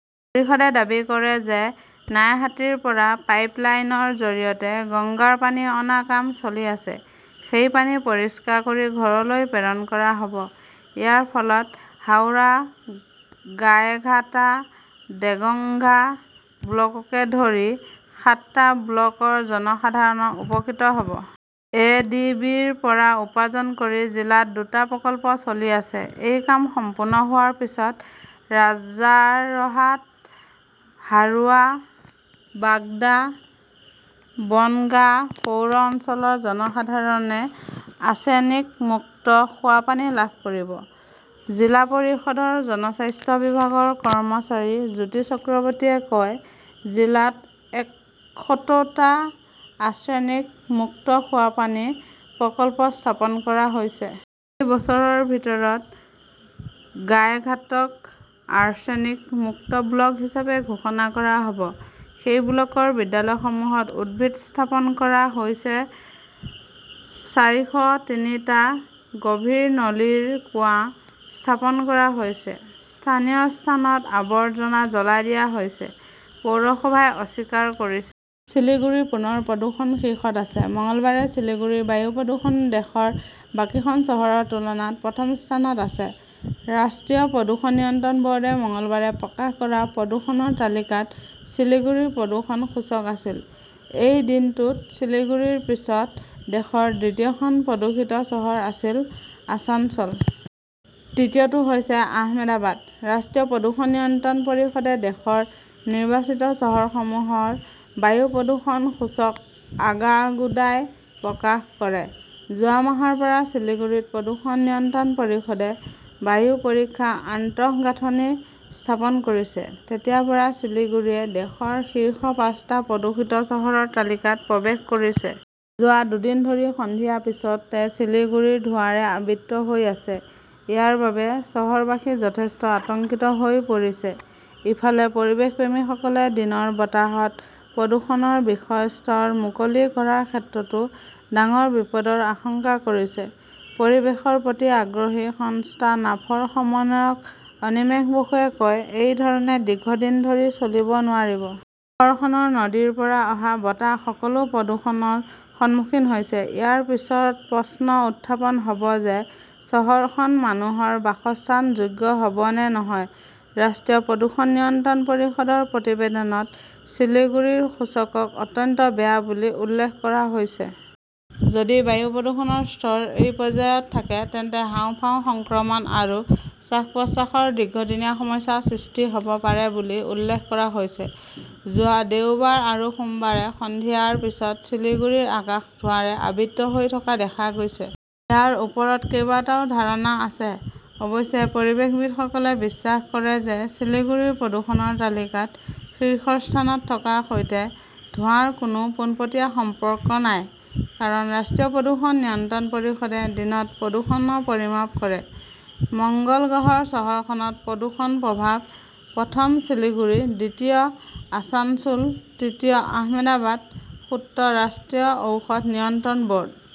পৰিষদে দাবী কৰে যে, নাইহাটীৰ পৰা পাইপ লাইনৰ জৰিয়তে গংগাৰ পানী অনাৰ কাম চলি আছে। সেই পানী পৰিষ্কাৰ কৰি ঘৰলৈ প্ৰেৰণ কৰা হব। ইয়াৰ ফলত হাওৰা, গাইঘাটা, দেগঙ্গা ব্লককে ধৰি সাতটা ব্লকৰ জনসাধাৰণ উপকৃত হব। এ ডি বিৰ পৰা উপাৰ্জন কৰি জিলাত দুটা প্ৰকল্প চলি আছে। এই কাম সম্পূৰ্ণ হোৱাৰ পিছত ৰাজাৰহাট, হাৰোৱা, বাগদা, বনগাঁ পৌৰ অঞ্চলৰ জনসাধাৰণে আৰ্ছেনিক-মুক্ত খোৱাপানী লাভ কৰিব। জিলা পৰিষদৰ জনস্বাস্থ্য বিভাগৰ কৰ্মচাৰী জ্যোতি চক্ৰৱৰ্তীয়ে কয়, "জিলাত একসত্তৰটা আৰ্ছেনিক-মুক্ত খোৱাপানীৰ প্ৰকল্প স্থাপন কৰা হৈছে। এই বছৰৰ ভিতৰত গাইঘাটক "আৰ্ছেনিক মুক্ত ব্লক" হিচাপে ঘোষণা কৰা হব। সেই ব্লকৰ বিদ্যালয়সমূহত উদ্ভিদ স্থাপন কৰা হৈছে। চাৰিশ তিনিটা গভীৰ নলীৰ কুঁৱা স্থাপন কৰা হৈছে"। স্থানীয় স্থানত আৱৰ্জনা জ্বলাই দিয়া হৈছে, পৌৰসভাই অস্বীকাৰ কৰে । শিলিগুৰি পুনৰ প্ৰদূষণৰ শীৰ্ষত আছে। মঙলবাৰে শিলিগুৰিৰ বায়ু প্ৰদূষণ দেশৰ বাকীখন চহৰৰ তুলনাত প্ৰথম স্থানত আছে। ৰাষ্ট্ৰীয় প্ৰদূষণ নিয়ন্ত্ৰণ বৰ্ডে মঙলবাৰে প্ৰকাশ কৰা প্ৰদূষণ তালিকাত শিলিগুৰিৰ প্ৰদূষণ সূচক আছিল। এই দিনটোত শিলিগুৰিৰ পিছত দেশৰ দ্বিতীয়খন প্ৰদূষিত চহৰ আছিল আছানচল। তৃতীয়টো হৈছে আহমেদাবাদ। ৰাষ্ট্ৰীয় প্ৰদূষণ নিয়ন্ত্ৰণ পৰিষদে দেশৰ নিৰ্বাচিত চহৰসমূহৰ বায়ু প্ৰদূষণ সূচক আগাগোদাই প্ৰকাশ কৰে। যোৱা মাহৰ পৰা শিলিগুৰিত প্ৰদূষণ নিয়ন্ত্ৰণ পৰিষদে বায়ু পৰীক্ষাৰ আন্তঃগাঁথনি স্থাপন কৰিছে। তেতিয়াৰ পৰা শিলিগুৰিয়ে দেশৰ শীৰ্ষ পাঁচটা প্ৰদূষিত চহৰৰ তালিকাত প্ৰৱেশ কৰিছে। যোৱা দুদিন ধৰি সন্ধিয়াৰ পিছতে শিলিগুৰি ধোঁৱাৰে আবৃত হৈ আছে। ইয়াৰ বাবে চহৰবাসী যথেষ্ট আতংকিত হৈ পৰিছে। ইফালে পৰিৱেশপ্ৰেমীসকলে দিনৰ বতাহত প্ৰদূষণৰ বিষৰ স্তৰ মুকলি কৰাৰ ক্ষেত্ৰতো ডাঙৰ বিপদৰ আশংকা কৰিছে। পৰিৱেশৰ প্ৰতি আগ্ৰহী সংস্থা নাফৰ সমন্বয়ক অনিমেশ বসুৱে কয়, "এই ধৰণে দীৰ্ঘদিন ধৰি চলিব নোৱাৰিব। চহৰখনৰ নদীৰ পৰা অহা বতাহ সকলো প্ৰদূষণৰ সন্মুখীন হৈছে। ইয়াৰ পিছত প্ৰশ্ন উত্থাপন হব যে, চহৰখন মানুহৰ বাসস্থানৰ যোগ্য হব নে নহয়"। ৰাষ্ট্ৰীয় প্ৰদূষণ নিয়ন্ত্ৰণ পৰিষদৰ প্ৰতিবেদনত শিলিগুৰিৰ সূচকক "অত্যন্ত বেয়া" বুলি উল্লেখ কৰা হৈছে। যদি বায়ুৰ প্ৰদূষণৰ স্তৰ এই পৰ্যায়ত থাকে, তেন্তে হাঁওফাঁওৰ সংক্ৰমণ আৰু শ্বাস-প্ৰশ্বাসৰ দীৰ্ঘদিনীয়া সমস্যাৰ সৃষ্টি হব পাৰে বুলি উল্লেখ কৰা হৈছে। যোৱা দেওবাৰ আৰু সোমবাৰে সন্ধিয়াৰ পিছত শিলিগুৰিৰ আকাশ ধোঁৱাৰে আবৃত হৈ থকা দেখা গৈছে। ইয়াৰ ওপৰত কেইবাটাও ধাৰণা আছে। অৱশ্যে পৰিৱেশবিদসকলে বিশ্বাস কৰে যে, শিলিগুৰি প্ৰদূষণৰ তালিকাত শীৰ্ষস্থানত থকাৰ সৈতে ধোঁৱাৰ কোনো পোনপটীয়া সম্পৰ্ক নাই। কাৰণ ৰাষ্ট্ৰীয় প্ৰদূষণ নিয়ন্ত্ৰণ পৰিষদে দিনত প্ৰদূষণ পৰিমাপ কৰে। মঙ্গল গ্ৰহত চহৰখনত প্ৰদূষণৰ প্ৰভাৱ; প্ৰথম শিলিগুৰি; দ্বিতীয় আছানছোল; তৃতীয় আহমেদাবাদ, সূত্ৰ ৰাষ্ট্ৰীয় ঔষধ নিয়ন্ত্ৰণ বৰ্ড ।